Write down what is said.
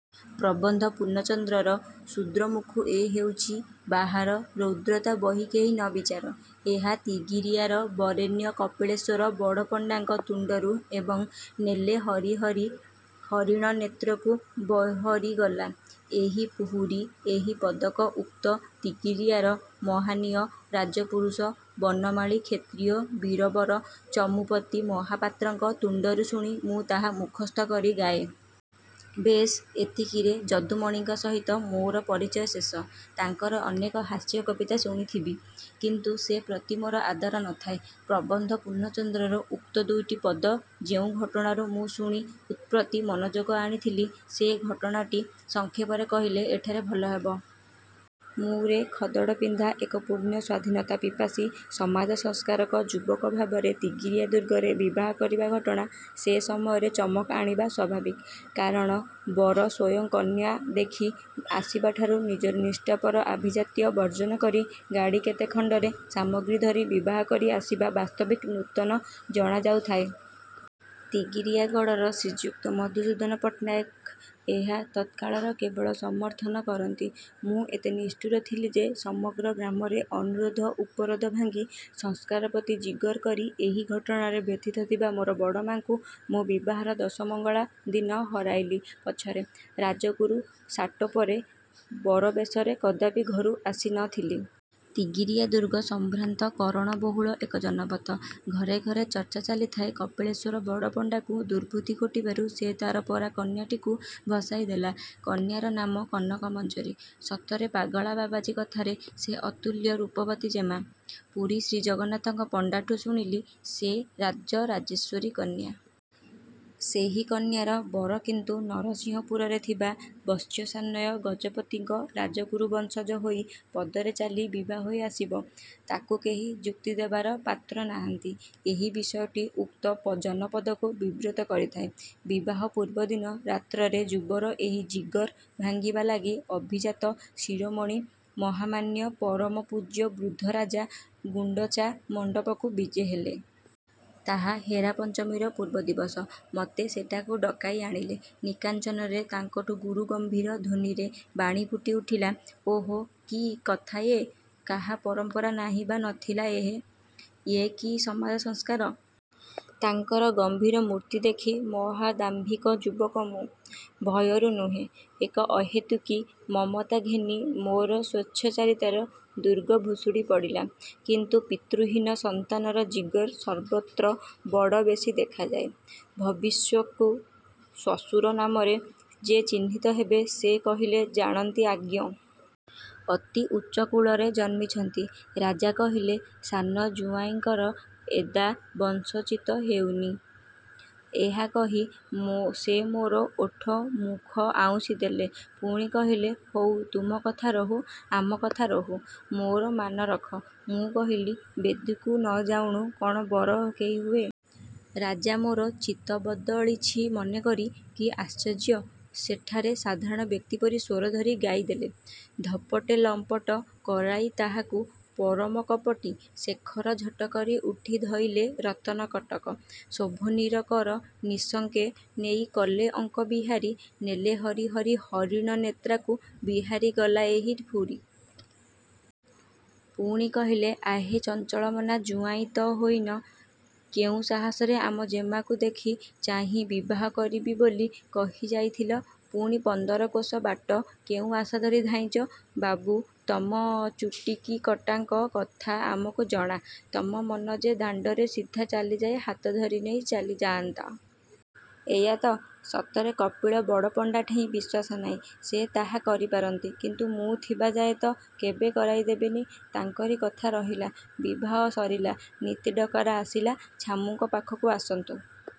ପ୍ରବନ୍ଧ ପୂର୍ଣ୍ଣଚନ୍ଦ୍ରର 'ଶୁଦ୍ର ମୁଖୁଁ ଏ ହୋଇଛି ବାହାର, ରୌଦ୍ରତା ବହି କେହି ନ ବିଚାର'-ଏହା ତିଗିରିଆର ବରେଣ୍ୟ କପିଳେଶ୍ୱର ବଡ଼ପଣ୍ଡାଙ୍କ ତୁଣ୍ଡରୁ ଏବଂ 'ନେଲେ ହରି ହରି ହରିଣ ନେତ୍ରାକୁ ବିହରିଗଲା। ଏହି ହୁରି' ଏହି ପଦକ ଉକ୍ତ ତିଗିରିଆର ମହନୀୟ ରାଜପୁରୁଷ ବନମାଳୀ କ୍ଷତ୍ରିୟ ବୀରବର ଚମୁପତି ମହାପାତ୍ରଙ୍କ ତୁଣ୍ଡରୁ ଶୁଣି ମୁଁ ତାହା ମୁଖସ୍ଥ କରି ଗାଏ। -ବେଶ୍, ଏତିକିରେ ଯଦୁମଣିଙ୍କ ସହିତ ମୋର ପରିଚୟ ଶେଷ। ତାଙ୍କର ଅନେକ ହାସ୍ୟ କବିତା ଶୁଣିଥିବି। କିନ୍ତୁ ସେ ପ୍ରତି ମୋର ଆଦର ନ ଥାଏ। ପ୍ରବନ୍ଧ ପୂର୍ଣ୍ଣଚନ୍ଦ୍ରର ଉକ୍ତ ଦୁଇଟି ପଦ ଯେଉଁ ଘଟଣାରୁ ମୁଁ ଶୁଣି ତତ୍ପ୍ରତି ମନଯୋଗ ଆଣିଥିଲି, ସେ ଘଟଣାଟି ସଂକ୍ଷେପରେ କହିଲେ ଏଠାରେ ଭଲ ହେବ। ମୁଁ ରେ ଖଦଡ଼ପିନ୍ଧା ଏକ ପୂର୍ଣ୍ଣ ସ୍ୱାଧୀନତାପିପାସୀ ସମାଜସଂସ୍କାରକ ଯୁବକ ଭାବରେ ତିଗିରିଆ ଦୁର୍ଗରେ ବିବାହ କରିବା ଘଟଣା ସେ ସମୟରେ ଚମକ୍ ଆଣିବା ସ୍ୱାଭାବିକ। କାରଣ ବର ସ୍ୱୟଂ କନ୍ୟା ଦେଖି ଆସିବାଠାରୁ ନିଜର ନିଷ୍ଠାପର ଆଭିଜାତ୍ୟ ବର୍ଜ୍ଜନ କରି ଗାଡ଼ି କେତେ ଖଣ୍ଡରେ ସାମଗ୍ରୀ ଧରି ବିବାହ କରି ଆସିବା ବାସ୍ତବିକ୍ ନୂତନ ଜଣାଯାଉଥାଏ। ତିଗିରିଆ ଗଡ଼ର ଶ୍ରୀଯୁକ୍ତ ମଧୁସୂଦନ ପଟ୍ଟନାୟକ ଏହା ତତ୍କାଳର କେବଳ ସମର୍ଥନ କରନ୍ତି। ମୁଁ ଏତେ ନିଷ୍ଠୁର ଥିଲି ଯେ ସମଗ୍ର ଗ୍ରାମରେ ଅନୁରୋଧ ଉପରୋଧ ଭାଙ୍ଗି ସଂସ୍କାର ପ୍ରତି ଜିଗର କରି ଏହି ଘଟଣାରେ ବ୍ୟଥିତ ଥିବା ମୋର ବଡ଼ମାଆଙ୍କୁ ମୋ ବିବାହର ଦଶମଙ୍ଗଳା ଦିନ ହରାଇଲି ପଛରେ, ରାଜଗୁରୁ ସାଟୋପରେ, ବରବେଶରେ କଦାପି ଘରୁ ଆସି ନ ଥିଲି। ତିଗିରିଆ ଦୁର୍ଗ ସମ୍ଭ୍ରାନ୍ତ କରଣବହୁଳ ଏକ ଜନପନ। ଘରେ ଘରେ ଚର୍ଚ୍ଚା ଚାଲିଥାଏ କପିଳଶ୍ୱର ବଡ଼ପଣ୍ଡାକୁ ଦୁର୍ବୁଦ୍ଧି ଘୋଟିବାରୁ ସେ ତାରପରା କନ୍ୟାଟିକୁ ଭସେଇଦେଲା। କନ୍ୟାର ନାମ କନକ ମଞ୍ଜରୀ। ସତରେ ପାଗଳା ବାବାଜୀ କଥାରେ ସେ ଅତୁଲ୍ୟ ରୂପବତୀ ଜେମା। ପୁରୀ ଜଗନ୍ନାଥଙ୍କ ପଣ୍ଡାଠୁ ଶୁଣିଲି ସେ ରାଜରାଜେଶ୍ୱରୀ କନ୍ୟା। ସେହି କନ୍ୟାର ବର କିନ୍ତୁ ନରସିଂହପୁରରେ ଥିବା ବତ୍ସସାନ୍ୱୟ ଗଜପତିଙ୍କ ରାଜଗୁରୁ ବଂଶଜ ହୋଇ ପଦରେ ଚାଲି ବିଭା ହୋଇ ଆସିବ, ତାକୁ କେହି ଯୁକ୍ତିଦେବାର ପାତ୍ର ନାହାନ୍ତି, ଏହି ବିଷୟଟି ଉକ୍ତ ଜନପଦକୁ ବିବ୍ରତ କରିଥାଏ। ବିବାହ ପୂର୍ବଦିନ ରାତ୍ରରେ ଯୁବାର ଏହି ଜିଗର ଭାଙ୍ଗିବା ଲାଗି ଅଭିଜାତ ଶିରୋମଣୀ ମହାମାନ୍ୟ ପରମପୂଜ୍ୟ ବୃଦ୍ଧ ରାଜା ଗୁଣ୍ଡଚା ମଣ୍ଡପକୁ ବିଜେ ହେଲେ। ତାହା ହେରା ପଞ୍ଚମୀର ପୂର୍ବ ଦିବସ। ମୋତେ ସେଠାକୁ ଡକାଇ ଆଣିଲେ। ନିକାଞ୍ଚନରେ ତାଙ୍କଠୁ ଗୁରୁ ଗମ୍ଭୀର ଧ୍ୱନିରେ ବାଣୀ ଫୁଟି ଉଠିଲା- 'ଓ ହୋ, କି କଥା ୟେ। କାହାର ପରଂପରା ନାହିଁ ବା ନ ଥିଲା ହେ? ୟେ କି ସମାଜ ସଂସ୍କାର? ' ତାଙ୍କର ଗମ୍ଭୀର ମୂର୍ତ୍ତି ଦେଖି ମହାଦାମ୍ଭିକ ଯୁବକ ମୁଁ, ଭୟରୁ ନୁହେଁ, ଏକ ଅହୈତୁକି ମମତା ଘେନି ମୋର ସ୍ୱେଚ୍ଛାଚାରିତାର ଦୁର୍ଗ ଭୁଷୁଡ଼ି ପଡ଼ିଲା। କିନ୍ତୁ ପିତୃହୀନ ସନ୍ତାନର ଜିଗର ସର୍ବତ୍ର ବଡ଼ ବେଶୀ ଦେଖାଯାଏ। ଭବିଷ୍ୟତ୍କୁ ଶ୍ୱଶୁର ନାମରେ ଯେ ଚିହ୍ନିତ ହେବେ, ସେ କହିଲେ-ଜାଣନ୍ତି ଆଜ୍ଞ! ଅତି ଉଚ୍ଚକୁଳରେ ଜନ୍ମିଛନ୍ତି। ରାଜା କହିଲେ-'ସାନ ଜୁଆଇଁଙ୍କର ଏଦା ବଂଶୋଚିତ ହେଉନି। ' ଏହା କହି ସେ ମୋର ଓଠ ମୁଖ ଆଉଁସି ଦେଲେ। ପୁଣି କହିଲେ- 'ହେଉ ତୁମ କଥା ରହୁ-ଆମ କଥା ରହୁ। ମୋର ମାନ ରଖ। ' ମୁଁ କହିଲି-'ବେଦୀକୁ ନ ଯାଉଣୁ କଣ ବର କେହି ହୁଏ? ' ରାଜା ମୋର ଚିତ୍ତ ବଦଳିଛି ମନେକରି, କି ଆଶ୍ଚର୍ଯ୍ୟ, ସେଠାରେ ସାଧାରଣ ବ୍ୟକ୍ତି ପରି ସ୍ୱର ଧରି ଗାଇଦେଲେ- ଧପଟେ ଲମ୍ପଟ କରାଇ ତାହାକୁ ପରମ କପଟୀ ଶେଖର ଝଟକରି ଉଠି ଧଇଲେ ରତନ କଟକ ଶୋଭିନୀର କର ନିଃଶଙ୍କେ ନେଇ କଲେ ଅଙ୍କ ବିହାରୀ ନେଲେ ହରି ହରି ହରିଣ ନେତ୍ରାକୁ ବିହରିଗଲା ଏହି ହୁରି। ପୁଣି କହିଲେ-ଆହେ ଚଞ୍ଚଳମନା! ଜୁଆଇଁ ତ ହୋଇନ, କେଉଁ ସାହସରେ ଆମ ଜେମାକୁ ଦେଖି ଚାହିଁ ବିବାହ କରିବି ବୋଲି କହି ଯାଇଥିଲ? ପୁଣି ପନ୍ଦର କ୍ରୋଶ ବାଟ କେଉଁ ଆଶା ଧରି ଧାଇଁଚ? ବାବୁ, ତମ ଚୁଟିକଟାଙ୍କ କଥା ଆମକୁ ଜଣା। ତମ ମନ ଯେ-ଦାଣ୍ଡରେ ସିଧା ଚାଲିଯାଇ ହାତଧରି ନେଇ ଚାଲିଯାନ୍ତ। ଏୟାତ? ସତରେ କପିଳ ବଡ଼ପଣ୍ଡାଠେଇ ବିଶ୍ୱାସ ନାହିଁ। ସେ ତାହା କରିପାରନ୍ତି। କିନ୍ତୁ ମୁଁ ଥିବାଯାଏ ତ କେବେ କରାଇ ଦେବିନି। ' ତାଙ୍କରି କଥା ରହିଲା। ବିବାହ ସରିଲା। ନିତି ଡକରା ଆସିଲା- 'ଛାମୁଁଙ୍କ ପାଖକୁ ଆସନ୍ତୁ।